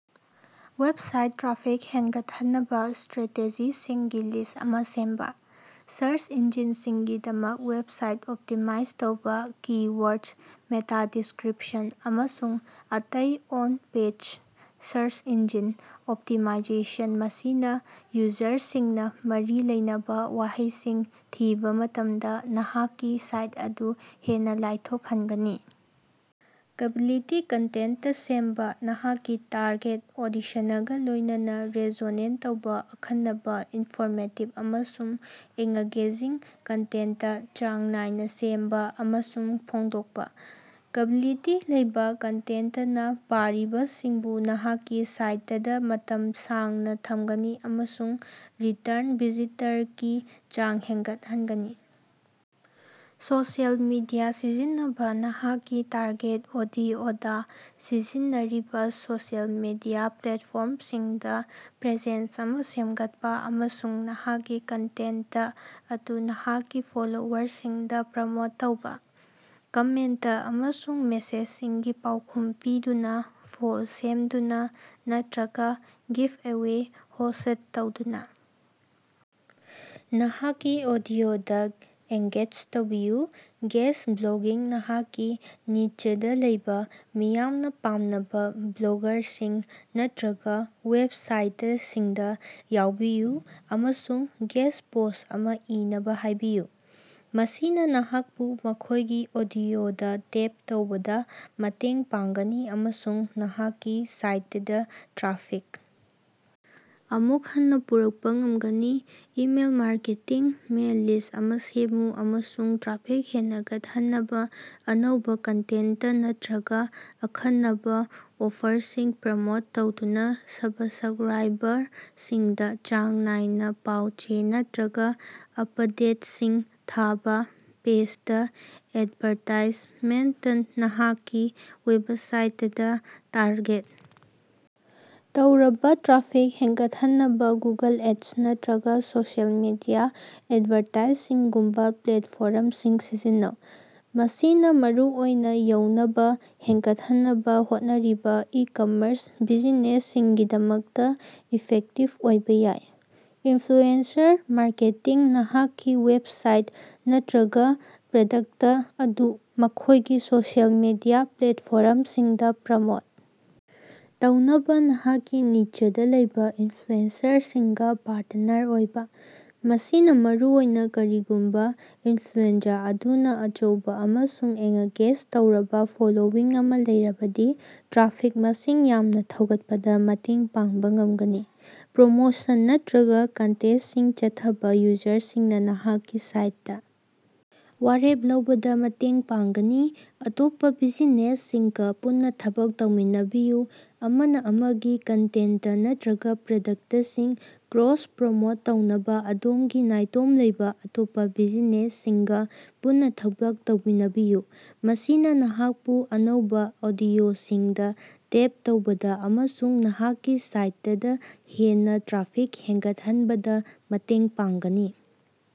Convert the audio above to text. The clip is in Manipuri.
ꯋꯦꯕꯁꯥꯏꯠ ꯇ꯭ꯔꯥꯐꯤꯛ ꯍꯦꯟꯒꯠꯍꯟꯅꯕꯥ ꯁ꯭ꯠꯔꯥꯇꯦꯖꯤꯁꯤꯡꯒꯤ ꯂꯤꯁ꯭ꯠ ꯑꯃꯥ ꯁꯦꯝꯕꯥ꯫ ꯁꯥꯔꯆ ꯏꯟꯖꯤꯟꯁꯤꯡꯒꯤꯗꯃꯛ ꯋꯦꯕꯁꯥꯏꯠ ꯑꯣꯞꯇꯤꯃꯥꯏꯖ ꯇꯧꯕ ꯀꯤ-ꯋꯥꯔꯗ, ꯃꯦꯇꯥ-ꯗꯤꯁ꯭ꯛꯔꯤꯄꯁꯟ, ꯑꯃꯁꯨꯡ ꯑꯇꯩ on page search engine optimization ꯃꯁꯤꯅꯥ ꯌꯨꯖꯔꯁꯤꯡꯅꯥ ꯃꯔꯤ ꯂꯩꯅꯕꯥ ꯋꯥꯍꯩꯁꯤꯡ ꯊꯤꯕꯥ ꯃꯇꯝꯗꯥ ꯅꯍꯥꯛꯀꯤ ꯁꯥꯏꯠ ꯑꯗꯨ ꯍꯦꯟꯅꯥ ꯂꯥꯏꯊꯣꯛꯍꯟꯒꯅꯤ꯫ ꯀ꯭ꯕꯥꯂꯤꯇꯤ ꯀꯟꯇꯦꯟꯇ ꯁꯦꯝꯕ ꯅꯍꯥꯛꯀꯤ ꯇꯥꯔꯒꯦꯠ ꯑꯣꯗꯤꯁꯅꯒꯥ ꯂꯣꯏꯅꯅꯥ ꯔꯦꯖꯣꯅꯦꯠ ꯇꯧꯕ ꯑꯈꯟꯅꯕꯥ, ꯏꯟꯐꯣꯔꯃꯦꯇꯤꯚ, ꯑꯃꯁꯨꯡ ꯑꯦꯉ꯭ꯒꯦꯖꯤꯡ ꯀꯟꯇꯦꯟꯇ ꯆꯥꯡ ꯅꯥꯏꯅꯥ ꯁꯦꯝꯕ ꯑꯃꯁꯨꯡ ꯐꯣꯡꯗꯣꯛꯄꯥ꯫ ꯀ꯭ꯕꯥꯂꯤꯇꯤ ꯂꯩꯕ ꯀꯟꯇꯦꯟꯇꯅꯥ ꯄꯥꯔꯤꯕꯁꯤꯡꯕꯨ ꯅꯍꯥꯛꯀꯤ ꯁꯥꯏꯇꯇꯥ ꯃꯇꯝ ꯁꯥꯡꯅꯥ ꯊꯝꯒꯅꯤ ꯑꯃꯁꯨꯡ ꯔꯤꯇꯔꯟ ꯚꯤꯖꯤꯇꯔꯀꯤ ꯆꯥꯡ ꯍꯦꯟꯒꯠꯍꯟꯒꯅꯤ꯫ ꯁꯣꯁꯤꯑꯦꯜ ꯃꯤꯗꯤꯌꯥ ꯁꯤꯖꯤꯟꯅꯕꯥ ꯅꯍꯥꯛꯀꯤ ꯇꯥꯔꯒꯦꯠ ꯑꯣꯗꯤꯑꯣꯗꯥ ꯁꯤꯖꯤꯟꯅꯔꯤꯕꯥ ꯁꯣꯁꯤꯑꯦꯜ ꯃꯤꯗꯤꯌꯥ ꯄ꯭ꯂꯦꯇꯐꯣꯔꯝꯁꯤꯡꯗꯥ ꯄ꯭ꯔꯦꯖꯦꯟꯁ ꯑꯃꯥ ꯁꯦꯝꯒꯠꯄꯥ ꯑꯃꯁꯨꯡ ꯅꯍꯥꯛꯀꯤ ꯀꯟꯇꯦꯟꯇ ꯑꯗꯨ ꯅꯍꯥꯛꯀꯤ ꯐꯣꯂꯣꯋꯔꯁꯤꯡꯗꯥ ꯄ꯭ꯔꯃꯣꯠ ꯇꯧꯕ꯫ ꯀꯃꯦꯟꯇ ꯑꯃꯁꯨꯡ ꯃꯦꯁꯦꯖꯁꯤꯡꯒꯤ ꯄꯥꯎꯈꯨꯝ ꯄꯤꯗꯨꯅꯥ, ꯄꯣꯜ ꯁꯦꯝꯗꯨꯅꯥ ꯅꯠꯇ꯭ꯔꯒꯥ ꯒꯤꯐ ꯑꯦꯋꯦ ꯍꯣꯁ꯭ꯠ ꯇꯧꯗꯨꯅꯥ ꯅꯍꯥꯛꯀꯤ ꯑꯣꯗꯤꯑꯣꯗꯥ ꯑꯦꯉ꯭ꯒꯦꯖ ꯇꯧꯕꯤꯌꯨ꯫ ꯒꯦꯁ꯭ꯠ ꯕ꯭ꯂꯣꯒꯤꯡ ꯅꯍꯥꯛꯀꯤ ꯅꯤꯆꯇꯥ ꯂꯩꯕꯥ ꯃꯤꯌꯥꯝꯅꯥ ꯄꯥꯝꯅꯕꯥ ꯕ꯭ꯂꯣꯒꯥꯔꯁꯤꯡ ꯅꯠꯇ꯭ꯔꯒꯥ ꯋꯦꯕꯁꯥꯏꯇꯁꯤꯡꯗꯥ ꯌꯧꯕꯤꯌꯨ ꯑꯃꯁꯨꯡ ꯒꯦꯁ꯭ꯠ ꯄꯣꯁ꯭ꯠ ꯑꯃꯥ ꯏꯅꯕꯥ ꯍꯥꯏꯕꯤꯌꯨ꯫ ꯃꯁꯤꯅꯥ ꯅꯍꯥꯛꯄꯨ ꯃꯈꯣꯏꯒꯤ ꯑꯣꯗꯤꯑꯣꯗꯥ ꯇꯦꯞ ꯇꯧꯕꯗꯥ ꯃꯇꯦꯡ ꯄꯥꯡꯒꯅꯤ ꯑꯃꯁꯨꯡ ꯅꯍꯥꯛꯀꯤ ꯁꯥꯏꯇꯇꯥ ꯇ꯭ꯔꯥꯐꯤꯛ ꯑꯃꯨꯛ ꯍꯟꯅꯥ ꯄꯨꯔꯛꯄꯥ ꯉꯝꯒꯅꯤ꯫ ꯏꯃꯦꯜ ꯃꯥꯔꯀꯦꯇꯤꯡ ꯃꯦꯜ ꯂꯤꯁ꯭ꯠ ꯑꯃꯥ ꯁꯦꯝꯃꯨ ꯑꯃꯁꯨꯡ ꯇ꯭ꯔꯥꯐꯤꯛ ꯍꯦꯅꯒꯠꯍꯟꯅꯕꯥ ꯑꯅꯧꯕꯥ ꯀꯟꯇꯦꯟꯇ ꯅꯠꯇ꯭ꯔꯒꯥ ꯑꯈꯟꯅꯕꯥ ꯑꯣꯐꯔꯁꯤꯡ ꯄ꯭ꯔꯃꯣꯠ ꯇꯧꯗꯨꯅꯥ ꯁꯕꯁ꯭ꯛꯔꯥꯏꯕꯔꯁꯤꯡꯗꯥ ꯆꯥꯡ ꯅꯥꯏꯅꯥ ꯄꯥꯎ ꯆꯦ ꯅꯠꯇ꯭ꯔꯒꯥ ꯑꯄꯗꯦꯠꯁꯤꯡ ꯊꯥꯕꯥ꯫ ꯄꯦꯏꯗ ꯑꯦꯗꯚꯥꯔꯇꯥꯏꯖꯃꯦꯟꯇ ꯅꯍꯥꯛꯀꯤ ꯋꯦꯕꯁꯥꯏꯇꯇꯥ ꯇꯥꯔꯒꯦꯠ ꯇꯧꯔꯕꯥ ꯇ꯭ꯔꯥꯐꯤꯛ ꯍꯦꯟꯒꯠꯍꯟꯅꯕꯥ ꯒꯨꯒꯜ ꯑꯦꯗꯁ ꯅꯠꯇ꯭ꯔꯒꯥ ꯁꯣꯁꯤꯑꯦꯜ ꯃꯤꯗꯤꯌꯥ ꯑꯦꯗꯚꯥꯔꯇꯥꯏꯁꯤꯡꯒꯨꯝꯕꯥ ꯄ꯭ꯂꯦꯇꯐꯣꯔꯝꯁꯤꯡ ꯁꯤꯖꯤꯟꯅꯧ꯫ ꯃꯁꯤꯅꯥ ꯃꯔꯨꯑꯣꯏꯅꯥ ꯌꯧꯅꯕꯥ ꯍꯦꯟꯒꯠꯍꯟꯅꯕꯥ ꯍꯣꯠꯅꯔꯤꯕꯥ ꯏꯀꯝꯃꯔꯁ ꯕꯤꯖꯤꯅꯦꯁꯁꯤꯡꯒꯤꯗꯃꯛꯇꯥ ꯏꯐꯦꯛꯇꯤꯚ ꯑꯣꯏꯕ ꯌꯥꯏ꯫ ꯏꯟꯐ꯭ꯂꯨꯑꯦꯟꯁꯔ ꯃꯥꯔꯀꯦꯇꯤꯡ ꯅꯍꯥꯛꯀꯤ ꯋꯦꯕꯁꯥꯏꯠ ꯅꯠꯇ꯭ꯔꯒꯥ ꯄ꯭ꯔꯗꯛꯇ ꯑꯗꯨ ꯃꯈꯣꯏꯒꯤ ꯁꯣꯁꯤꯑꯦꯜ ꯃꯤꯗꯤꯌꯥ ꯄ꯭ꯂꯦꯠꯐꯣꯔꯝꯁꯤꯡꯗꯥ ꯄ꯭ꯔꯃꯣꯠ ꯇꯧꯅꯕꯥ ꯅꯍꯥꯛꯀꯤ ꯅꯤꯆꯇꯥ ꯂꯩꯕꯥ ꯏꯟꯐ꯭ꯂꯨꯑꯦꯟꯁꯔꯁꯤꯡꯒꯥ ꯄꯥꯔꯇꯅꯔ ꯑꯣꯏꯕ꯫ ꯃꯁꯤꯅꯥ ꯃꯔꯨꯑꯣꯏꯅꯥ ꯀꯔꯤꯒꯨꯝꯕꯥ ꯏꯟꯐ꯭ꯂꯨꯑꯦꯟꯖꯥ ꯑꯗꯨꯅꯥ ꯑꯆꯧꯕꯥ ꯑꯃꯁꯨꯡ ꯑꯦꯉ꯭ꯒꯦꯖ ꯇꯧꯔꯕꯥ ꯐꯣꯂꯣꯋꯤꯡ ꯑꯃꯥ ꯂꯩꯔꯕꯗꯤ ꯇ꯭ꯔꯥꯐꯤꯛ ꯃꯁꯤꯡ ꯌꯥꯝꯅꯥ ꯊꯧꯒꯠꯄꯗꯥ ꯃꯇꯦꯡ ꯄꯥꯡꯕꯥ ꯉꯝꯒꯅꯤ꯫ ꯄ꯭ꯔꯣꯃꯣꯁꯟ ꯅꯠꯇ꯭ꯔꯒꯥ ꯀꯟꯇꯦꯁ꯭ꯇꯁꯤꯡ ꯆꯠꯊꯕꯥ ꯌꯨꯖꯔꯁꯤꯡꯅꯥ ꯅꯍꯥꯛꯀꯤ ꯁꯥꯏꯠꯇꯥ ꯋꯥꯔꯦꯞ ꯂꯧꯕꯗꯥ ꯃꯇꯦꯡ ꯄꯥꯡꯒꯅꯤ꯫ ꯑꯇꯣꯞꯄꯥ ꯕꯤꯖꯤꯅꯦꯁꯁꯤꯡꯒꯥ ꯄꯨꯟꯅꯥ ꯊꯕꯛ ꯇꯧꯃꯤꯟꯅꯕꯤꯌꯨ ꯑꯃꯅꯥ ꯑꯃꯒꯤ ꯀꯟꯇꯦꯟꯇ ꯅꯠꯇ꯭ꯔꯒꯥ ꯄ꯭ꯔꯗꯛꯇꯁꯤꯡ ꯀ꯭ꯔꯣꯁ ꯄ꯭ꯔꯣꯃꯣꯠ ꯇꯧꯅꯕꯥ ꯑꯗꯣꯝꯒꯤ ꯅꯥꯏꯇꯣꯝ ꯂꯩꯕ ꯑꯇꯣꯞꯄꯥ ꯕꯤꯖꯤꯅꯦꯁꯁꯤꯡꯒꯥ ꯄꯨꯟꯅꯥ ꯊꯕꯛ ꯇꯧꯃꯤꯟꯅꯕꯤꯌꯨ꯫ ꯃꯁꯤꯅꯥ ꯅꯍꯥꯛꯄꯨ ꯑꯅꯧꯕꯥ ꯑꯣꯗꯤꯑꯣꯁꯤꯡꯗꯥ ꯇꯦꯞ ꯇꯧꯕꯗꯥ ꯑꯃꯁꯨꯡ ꯅꯍꯥꯛꯀꯤ ꯁꯥꯏꯇꯇꯥ ꯍꯦꯟꯅꯥ ꯇ꯭ꯔꯥꯐꯤꯛ ꯍꯦꯟꯒꯠꯍꯟꯕꯗꯥ ꯃꯇꯦꯡ ꯄꯥꯡꯒꯅꯤ꯫